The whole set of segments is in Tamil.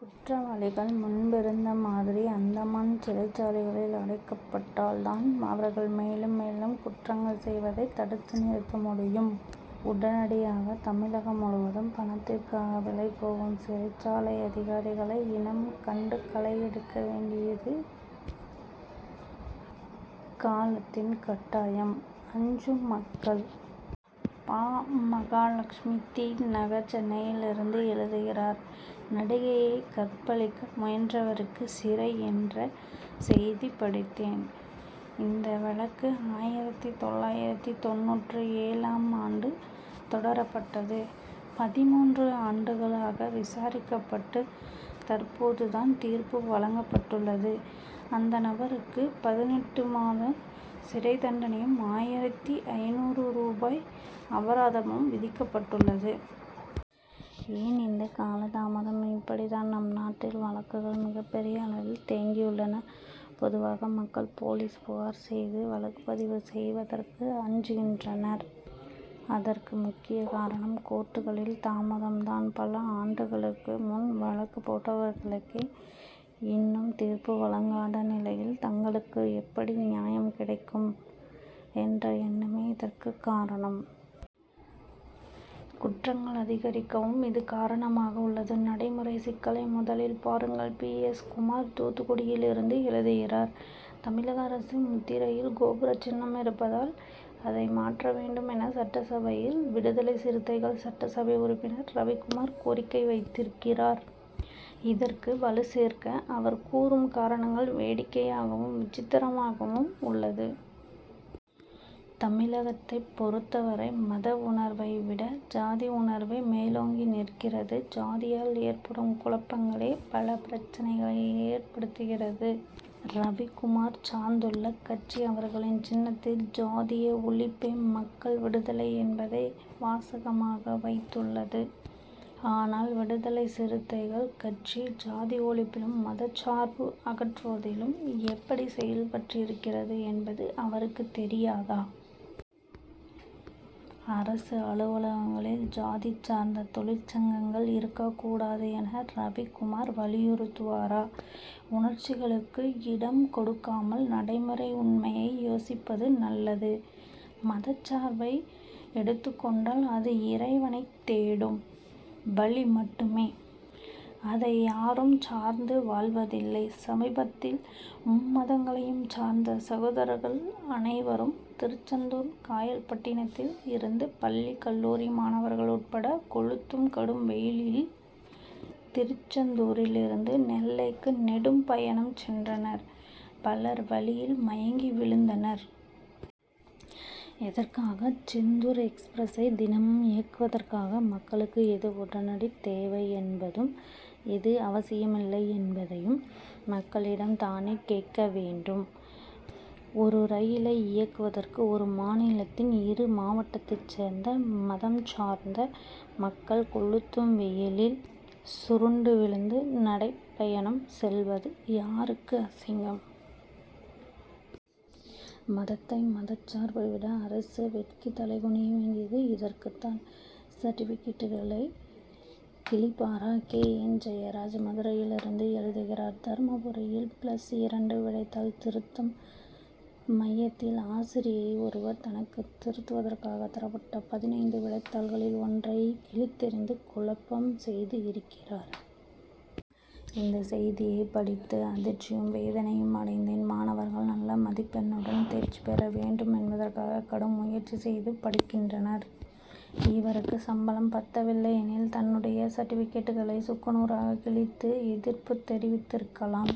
குற்றவாளிகள் முன்பிருந்த மாதிரி அந்தமான் சிறைச்சாலைகளில் அடைக்கப்பட் டால் தான் அவர்கள் மேலும் மேலும் குற்றங்கள் செய்வதை தடுத்து நிறுத்த முடியும். உடனடியாக தமிழகம் முழுவதும் பணத்திற்காக விலை போகும் சிறைச் சாலை அதிகாரிகளை இனம் கண்டுகளை எடுக்க வேண்டியது காலத்தின் கட்டாயம். அஞ்சும் மக்கள்! பா. மகாலட்சுமி தி. நகர் சென்னையிலிருந்து எழுதுகிறார் நடிகையை கற்பழிக்க முயன்றவருக்கு சிறை என்ற செய்தி படித்தேன். இந்த வழக்கு ஆயிரத்து தொள்ளாயிரத்து தொண்ணூற்று ஏழாம் ஆண்டு தொடரப்பட்டது. பதிமூன்று ஆண்டுகளாக விசாரிக்கப் பட்டு தற்போது தான் தீர்ப்பு வழங்கப்பட்டுள்ளது. அந்த நபருக்கு பதினெட்டு மாத சிறை தண்டனையும் ஆயிரத்து ஐநூறு ரூபாய் அபராதமும் விதிக்கப் பட்டுள்ளது. ஏன் இந்த காலதாமதம்? இப்படி தான் நம் நாட்டில் வழக்குகள் மிகப் பெரிய அளவில் தேங்கியுள்ளன. பொதுவாக மக்கள் போலீசில் புகார் செய்து வழக்கு பதிவு செய்வதற்கு அஞ்சுகின்றனர். அதற்கு முக்கியக் காரணம் கோர்ட்டுகளின் தாமதம் தான். பல ஆண்டுகளுக்கு முன் வழக்கு போட்டவர்களுக்கே இன் னும் தீர்ப்பு வழங்காத நிலையில் தங்களுக்கு எப்படி நியாயம் கிடைக்கும் என்ற எண்ணமே இதற்கு காரணம். குற்றங்கள் அதிகரிக்கவும் இது காரணமாக உள்ளது. நடைமுறை சிக்கலை முதலில் பாருங்கள்! பி. எஸ். குமார் தூத்துக்குடியிலிருந்து எழுதுகிறார் தமிழக அரசு முத்திரையில் கோபுரச் சின்னம் இருப்பதால் அதை மாற்ற வேண்டும் என சட்டசபையில் விடுதலைச் சிறுத்தைகள் சட்டசபை உறுப்பினர் ரவிக்குமார் கோரிக்கை வைத்திருக்கிறார். இதற்கு வலுசேர்க்க அவர் கூறும் காரணங்கள் வேடிக் கையாகவும் விசித்திரமாகவும் உள்ளது. தமிழகத்தைப் பொறுத்தவரை மத உணர் வை விட ஜாதி உணர்வே மேலோங்கி நிற்கிறது. ஜாதியால் ஏற்படும் குழப் பங்களே பல பிரச்னைகளை ஏற்படுத்துகிறது. ரவிக்குமார் சார்ந்துள்ள கட்சி அவர்களின் சின்னத்தில் ஜாதிய ஒழிப்பே மக்கள் விடுதலை என்பதை வாசகமாக வைத் துள்ளது. ஆனால் விடுதலைச் சிறுத்தைகள் கட்சி ஜாதி ஒழிப்பிலும் மதச்சார்பு அகற்றுவதிலும் எப்படி செயல்பட்டிருக்கிறது என்பது அவருக்கு தெரியாதா? அரசு அலுவலகங்களில் ஜாதி சார்ந்த தொழிற்சங்கங்கள் இருக்கக் கூடாது என ரவிக்குமார் வலியுறுத்துவாரா? உணர்ச்சிகளுக்கு இடம் கொடுக்காமல் நடைமுறை உண்மையை யோசிப்பது நல்லது. மதச்சார்பை எடுத்துக் கொண்டால் அது இறைவனைத் தேடும் வழி மட்டுமே. அதை யாரும் சார்ந்து வாழ்வதில்லை. சமீபத்தில் மும்மதங்களையும் சார்ந்த சகோதரர்கள் அனைவரும் திருச்செந்தூர் காயல்பட்டினத்தில் இருந்து பள்ளி கல்லூரி மாணவர்கள் உட்பட கொளுத்தும் கடும் வெயிலில் திருச்செந்தூரில் இருந்து நெல்லைக்கு நெடும் பயணம் சென்றனர் பலர் வழியில் மயங்கியும் விழுந்தனர். எதற்காக? செந்தூர் எக்ஸ்பிரசை தினமும் இயக்குவதற்காக மக்களுக்கு எது உடனடித் தேவை என்பதும் எது அவசியமில்லை என்பதையும் மக்களிடம் தானே கேட்க வேண்டும். ஒரு ரயிலை இயக்குவதற்கு ஒரு மாநிலத்தின் இரு மாவட்டத்தைச் சேர்ந்த மதம் சார்ந்த மக்கள் கொளுத்தும் வெயிலில் சுருண்டு விழுந்து நடைபயணம் செல்வது யாருக்கு அசிங்கம்? மதத்தை மதச்சார்பை விட அரசு வெட்கித்தலைகுனிய வேண்டியது இதற்குத் தான். சர்டிபிகேட்டுகளை கிழிப்பாரா! கே. என். ஜெயராஜ் மதுரையிலிருந்து எழுதுகிறார் தர்மபுரியில் பிளஸ் இரண்டு விடைத்தாள் திருத்தும் மையத்தில் ஆசிரியை ஒருவர் தனக்கு திருத்துவதற்காக தரப்பட்ட பதினைந்து விடைத்தாள்களில் ஒன்றை கிழித்தெறிந்து குழப்பம் செய்து இருக்கிறார். இந்தச் செய்தியைப் படித்து அதிர்ச்சியும் வேதனையும் அடைந் தேன். மாணவர்கள் நல்ல மதிப்பெண்ணுடன் தேர்ச்சி பெற வேண்டும் என்பதற்காக கடும் முயற்சி செய்து படிக்கின்றனர். இவருக்கு சம்பளம் பத்தவில்லை எனில் தன்னுடைய சர்டிபிகேட்டுகளை சுக்கு நூறாக கிழித்து எதிர்ப்பு தெரிவித்து இருக்கலாம்.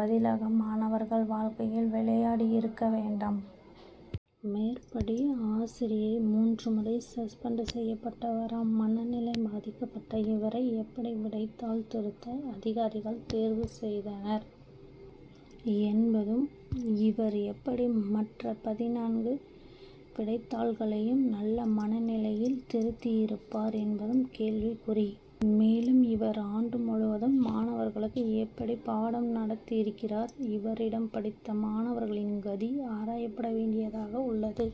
பதிலாக மாணவர்கள் வாழ்க்கையில் விளையாடி இருக்க வேண்டாம். மேற்படி ஆசிரியை மூன்று முறை சஸ்பெண்ட் செய்யப்பட்டவராம் மனநிலை பாதிக்கப்பட்ட இவரை எப்படி விடைத் தாள் திருத்த அதிகாரிகள் தேர்வு செய்தனர் என்பதும் இவர் எப்படி மற்ற பதினான்கு விடைத்தாள்களையும் நல்ல மனநிலையில் திருத்தி இருப்பார் என்பதும் கேள்விக்குறி. மேலும் இவர் ஆண்டு முழுவதும் மாணவர்களுக்கு எப்படி பாடம் நடத்துகிறார்? இவரிடம் படித்த மாணவர்களின் கதி ஆராயப்பட வேண்டியதாக உள்ளது!